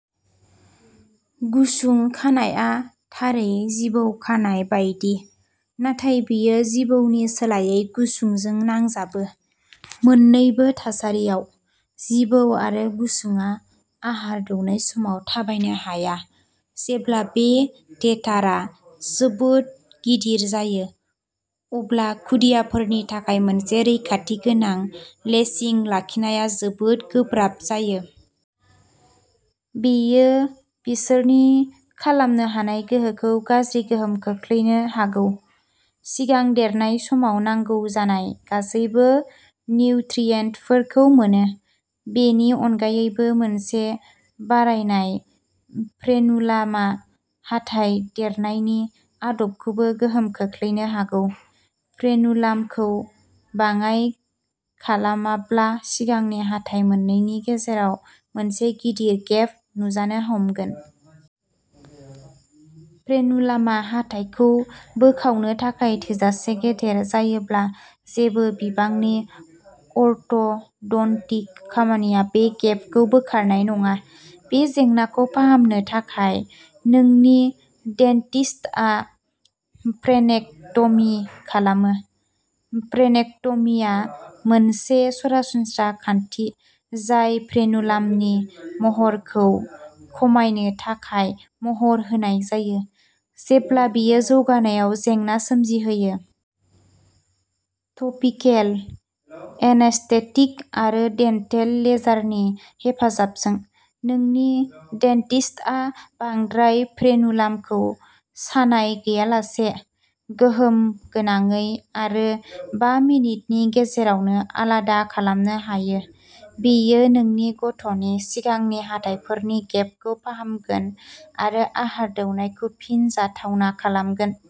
गुसुं खानायआ थारै जिबौ खानाय बायदि, नाथाय बेयो जिबौनि सोलायै गुसुंजों नांजाबो। मोन्नैबो थासारियाव, जिबौ आरो गुसुंआ आहार दौनाय समाव थाबायनो हाया। जेब्ला बे टेथारा जोबोद गिदिर जायो, अब्ला खुदियाफोरनि थाखाय मोनसे रैखाथि गोनां लेचिं लाखिनाया जोबोद गोब्राब जायो। बेयो बिसोरनि खालामनो हानाय गोहोखौ गाज्रि गोहोम खोख्लैनो हागौ। सिगां देरनाय समाव नांगौ जानाय गासैबो निउट्रियेन्टफोरखौ मोनो। बेनि अनगायैबो, मोनसे बारायनाय फ्रेनुलामा हाथाइ देरनायनि आदबखौबो गोहोम खोख्लैनो हागौ। फ्रेनुलामखौ बाङाइ खालामाब्ला सिगांनि हाथाइ मोननैनि गेजेराव मोनसे गिदिर गेप नुजानो हमगोन। फ्रेनुलामा हाथाइखौ बोखावनो थाखाय थोजासे गेदेर जायोब्ला जेबो बिबांनि अर्थ'डन्टिक खामानिया बे गेपखौ बोखारनाय नङा। बे जेंनाखौ फाहामनो थाखाय, नोंनि डेन्टिस्टआ फ्रेनेक्ट'मी खालामो। फ्रेनेक्ट'मीआ मोनसे सरासनस्रा खान्थि, जाय फ्रेनुलामनि महरखौ खमायनो थाखाय महर होनाय जायो, जेब्ला बेयो जौगानायाव जेंना सोमजिहोयो। टपिकेल एनेस्थेटिक आरो डेन्टेल लेजारनि हेफाजाबजों, नोंनि डेन्टिस्टआ बांद्राय फ्रेनुलामखौ सानाय गैयालासे, गोहोम गोनाङै आरो बा मिनिटनि गेजेरावनो आलादा खालामनो हायो। बेयो नोंनि गथ'नि सिगांनि हाथाइफोरनि गेपखौ फाहामगोन आरो आहार दौनायखौ फिन जाथावना खालामगोन।